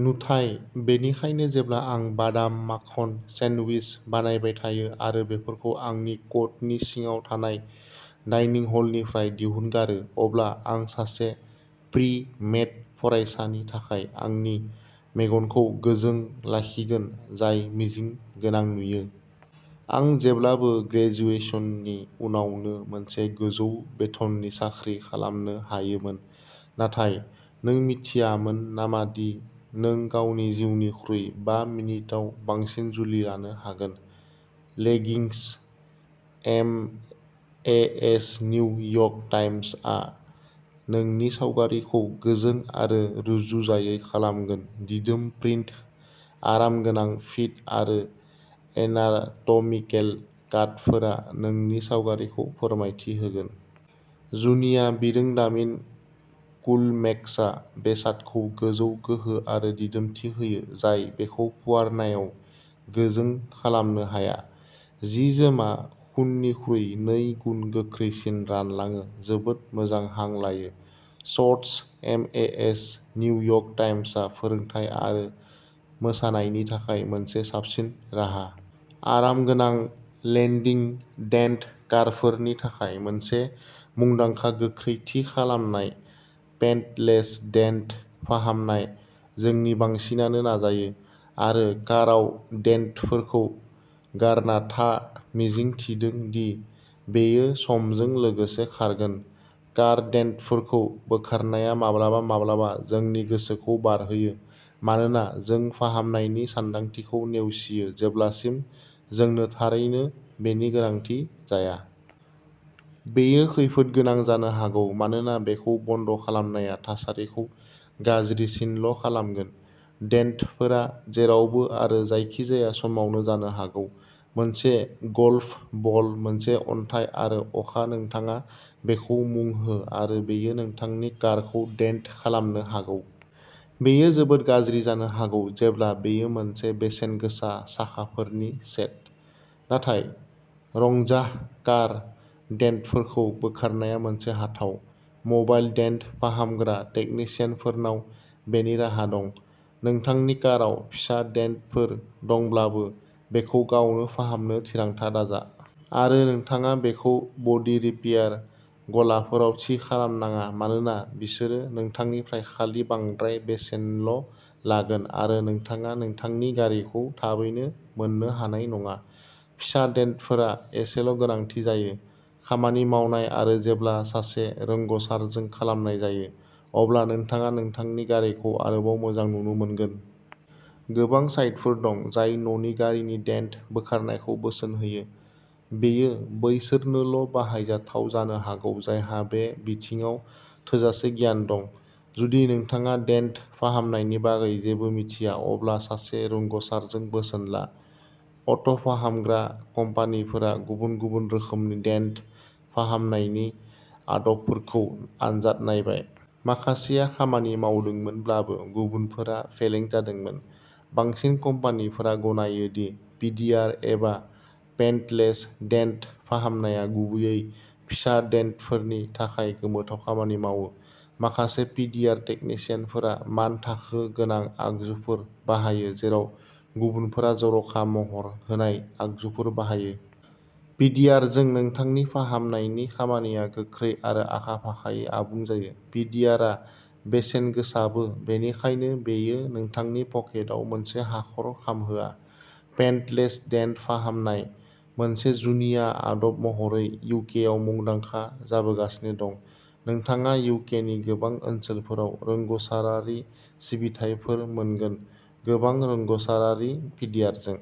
नुथाय। बेनिखायनो जेब्ला आं बादाम माखन सेन्डविच बानायबाय थायो आरो बेफोरखौ आंनि कटनि सिङाव थानाय डाइनिं हलनिफ्राय दिहुनगारो अब्ला आं सासे प्रि मेड फरायसानि थाखाय आंनि मेगनखौ गोजों लाखिगोन जाय मिजिं गोनां नुयो। आं जेब्लाबो ग्रेजुएशननि उनावनो मोनसे गोजौ बेथननि साख्रि खालामनो हायोमोन नाथाय नों मिथियामोन नामा दि नों गावनि जिउनिख्रुइ बा मिनिटआव बांसिन जुलि लानो हागोन? Leggings MAS New York Times आ नोंनि सावगारिखौ गोजों आरो रुजुजायै खालामगोन दिदोम प्रिन्ट आरामगोनां फिट आरो एनाट'मिकेल काटफोरा नोंनि सावगारिखौ फोरमायथि होगोन। जुनिया बिरोंदामिन कुलमेक्सआ बेसादखौ गोजौ गोहो आरो दिदोमथि होयो जाय बेखौ फुवारनायाव गोजों खालामनो हाया। जि जोमआ खुननिख्रुइ नै गुन गोख्रैसिन रानलाङो जोबोद मोजां हां लायो। शर्ट्स एमएएस निउ यर्क टाइम्सआ फोरोंथाय आरो मोसानायनि थाखाय मोनसे साबसिन राहा। आरामगोनां लेन्दिं डेन्ट कारफोरनि थाखाय मोनसे मुंदांखा गोख्रै थि खालामनाय पेन्टलेस डेन्ट फाहामनाय जोंनि बांसिनानो नाजायो आरो काराव डेन्टफोरखौ गारना था मिजिं थिदों दि बेयो समजों लोगोसे खारगोन। कार डेन्टफोरखौ बोखारनाया माब्लाबा-माब्लाबा जोंनि गोसोखौ बारहोयो मानोना जों फाहामनायनि सानदांथिखौ नेवसियो जेब्लासिम जोंनो थारैनो बेनि गोनांथि जाया। बेयो खैफोदगोनां जानो हागौ मानोना बेखौ बन्द' खालामनाया थासारिखौ गाज्रिसिनल' खालामगोन। डेन्टफोरा जेरावबो आरो जायखिजाया समावनो जानो हागौ। मोनसे गल्फ बल मोनसे अन्थाइ आरो अखा नोंथाङा बेखौ मुं हो आरो बेयो नोंथांनि कारखौ डेन्ट खालामनो हागौ! बेयो जोबोद गाज्रि जानो हागौ जेब्ला बेयो मोनसे बेसेन गोसा साखाफोरनि सेट। नाथाय रंजाह कार डेन्टफोरखौ बोखारनाया मोनसे हाथाव, मबाइल डेन्ट फाहामग्रा टेकनिशियानफोरनाव बेनि राहा दं। नोंथांनि काराव फिसा डेन्टफोर दंब्लाबो बेखौ गावनो फाहामनो थिरांथा दाजा। आरो नोंथाङा बेखौ बडी रिपेयार गलाफोराव थि खालाम नाङा मानोना बिसोरो नोंथांनिफ्राय खालि बांद्राय बेसेनल' लागोन आरो नोंथाङा नोंथांनि गारिखौ थाबैनो मोननो हानाय नङा। फिसा डेन्टफोरा एसेल' गोनांथि जायो। खामानि मावनाय आरो जेब्ला सासे रोंग'सारजों खालामनाय जायो, अब्ला नोंथाङा नोंथांनि गारिखौ आरोबाव मोजां नुनो मोनगोन। गोबां साइटफोर दं जाय न'नि गारिनि डेन्ट बोखारनायखौ बोसोन होयो, बेयो बैसोरनोल' बाहायजाथाव जानो हागौ जायहा बे बिथिङाव थोजासे गियान दं। जुदि नोंथाङा डेन्ट फाहामनायनि बागै जेबो मिथिया अब्ला सासे रोंग'सारजों बोसोन ला। अट'फाहामग्रा कम्पानिफोरा गुबुन-गुबुन रोखोमनि डेन्ट फाहामनायनि आदबफोरखौ आनजाद नायबाय। माखासेया खामानि मावदोंमोनब्लाबो, गुबुनफोरा फेलें जादोंमोन। बांसिन कम्पानिफोरा गनायो दि पिडिआर एबा पेन्टलेस डेन्ट फाहामनाया गुबैयै फिसा डेन्टफोरनि थाखाय गोमोथाव खामानि मावो। माखासे पिडिआर टेकनिशियानफोरा मानथाखो गोनां आगजुफोर बाहायो जेराव गुबुनफोरा जर'खा महर होनाय आगजुफोर बाहायो। पिडिआरजों नोंथांनि फाहामनायनि खामानिया गोख्रै आरो आखा फाखायै आबुं जायो। पिडिआरआ बेसेनगोसाबो बेनिखायनो बेयो नोंथांनि पकेटआव मोनसे हाखर खामहोआ। पेन्टलेस डेन्ट फाहामनाय, मोनसे जुनिया आदब महरै इउकेआव मुंदांखा जाबोगासिनो दं। नोंथाङा इउकेनि गोबां ओनसोलफोराव रोंग'सारारि सिबिथाइफोर मोनगोन। गोबां रोंग'सारारि पिडिआरजों।